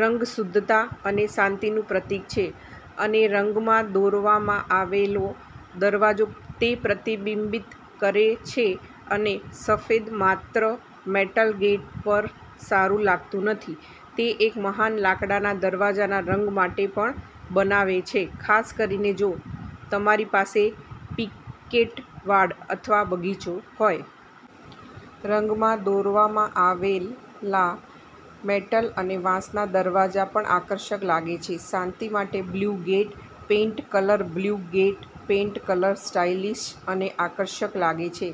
રંગ શુદ્ધતા અને શાંતિનું પ્રતીક છે અનેરંગમાં દોરવામાં આવેલો દરવાજો તેપ્રતિબિંબિત કરે છે. અને સફેદ માત્ર મેટલ ગેટ પરસારું લાગતું નથી. તે એક મહાન લાકડાના દરવાજાના રંગ માટે પણ બનાવે છે, ખાસ કરીને જો તમારી પાસે પિકેટ વાડ અથવા બગીચો હોય. રંગમાં દોરવામાં આવેલા મેટલ અને વાંસના દરવાજા પણ આકર્ષક લાગે છે. શાંતિ માટે blue gate paint colour blue gate paint colour stylish અને આકર્ષક લાગે છે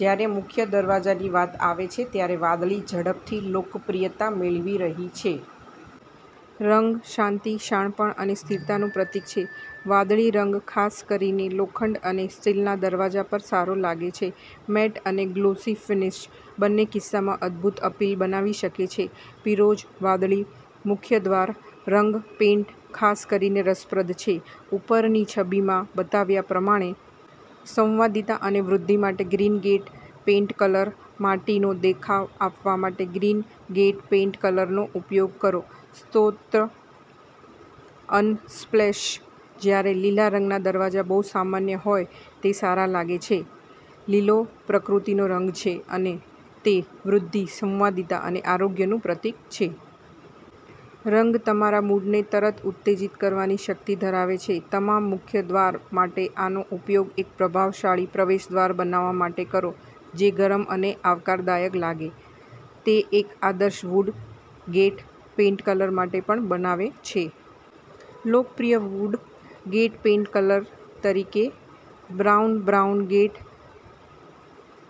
જ્યારે મુખ્ય દરવાજાની વાત આવે છે ત્યારે વાદળી ઝડપથી લોકપ્રિયતા મેળવી રહી છે. રંગ શાંતિ, શાણપણ અને સ્થિરતાનું પ્રતીક છે. વાદળી રંગ ખાસ કરીને લોખંડ અને સ્ટીલના દરવાજા પર સારો લાગે છે. મેટ અને ગ્લોસી ફિનીશ બંનેકિસ્સામાં અદભૂત અપીલ બનાવી શકે છે. પીરોજ વાદળી મુખ્ય દ્વાર રંગ પેઇન્ટ ખાસ કરીને રસપ્રદ છે, ઉપરની છબીમાં બતાવ્યા પ્રમાણે. સંવાદિતા અને વૃદ્ધિ માટે ગ્રીન ગેટ પેઇન્ટ કલર માટીનો દેખાવ આપવા માટે ગ્રીન ગેટ પેઇન્ટ કલરનો ઉપયોગ કરો સ્રોતઅનસ્પ્લેશજ્યારે લીલા રંગના દરવાજા બહુ સામાન્યહોય, તે સારા લાગે છે. લીલોપ્રકૃતિનો રંગ છે અને તે વૃદ્ધિ, સંવાદિતા અને આરોગ્યનું પ્રતીક છે. રંગ તમારા મૂડને તરતઉત્તેજીત કરવાની શક્તિ ધરાવે છે. તમારા મુખ્ય દ્વાર માટે આનો ઉપયોગ એક પ્રભાવશાળી પ્રવેશદ્વાર બનાવવા માટે કરો જે ગરમ અને આવકારદાયક લાગે. તે એક આદર્શ વુડ ગેટ પેઇન્ટ કલર માટે પણ બનાવે છે. લોકપ્રિય વુડ ગેટ પેઇન્ટ કલર તરીકે brown brown gate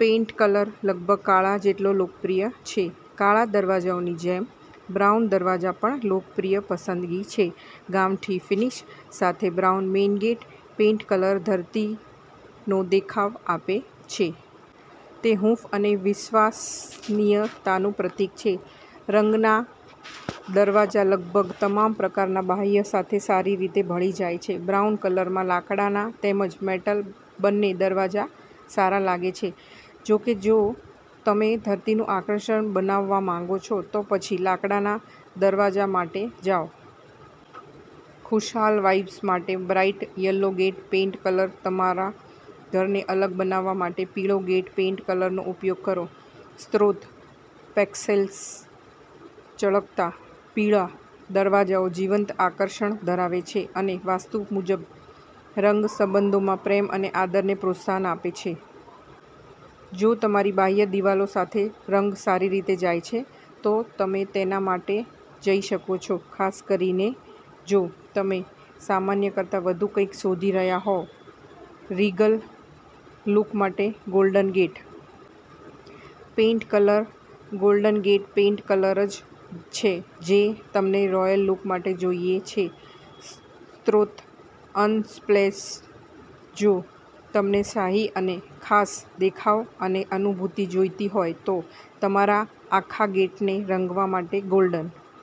paint colour લગભગ કાળા જેટલોલોકપ્રિય છે કાળા દરવાજાઓની જેમ, બ્રાઉન દરવાજા પણ લોકપ્રિય પસંદગી છે. ગામઠી ફિનિશ સાથે brown main gate paint colour ધરતીનો દેખાવ આપે છે. તે હૂંફ અને વિશ્વસનીયતાનું પ્રતીક છે. રંગના દરવાજા લગભગ તમામ પ્રકારના બાહ્ય સાથે સારી રીતે ભળી જાય છે. બ્રાઉન કલરમાં લાકડાના તેમજ મેટલ બંને દરવાજા સારા લાગે છે. જો કે, જો તમે ધરતીનું આકર્ષણ બનાવવા માંગો છો, તો પછી લાકડાના દરવાજા માટે જાઓ. ખુશહાલ વાઇબ્સ માટે bright yellow gate paint colour તમારા ઘરને અલગ બનાવવા માટે પીળા ગેટ પેઇન્ટ કલરનો ઉપયોગ કરો સ્રોતપેક્સેલ્સચળકતા પીળા દરવાજાઓ જીવંત આકર્ષણ ધરાવે છે, અને વાસ્તુ મુજબ, રંગ સંબંધોમાં પ્રેમ અને આદરને પ્રોત્સાહન આપે છે. જો તમારી બાહ્ય દિવાલો સાથે રંગ સારી રીતે જાય છે, તો તમે તેના માટે જઈ શકો છો, ખાસ કરીને જો તમે સામાન્ય કરતાં વધુ કંઈક શોધી રહ્યાં હોવ. રીગલ લુક માટે golden gate paint colour golden gate paint કલરજ છે જે તમને રોયલ લુક માટે જોઈએ છે સ્રોતઅનસ્પ્લેશજો તમને શાહી અને ખાસ દેખાવ અને અનુભૂતિ જોઈતી હોય તો તમારા આખા ગેટને રંગવા માટે ગોલ્ડન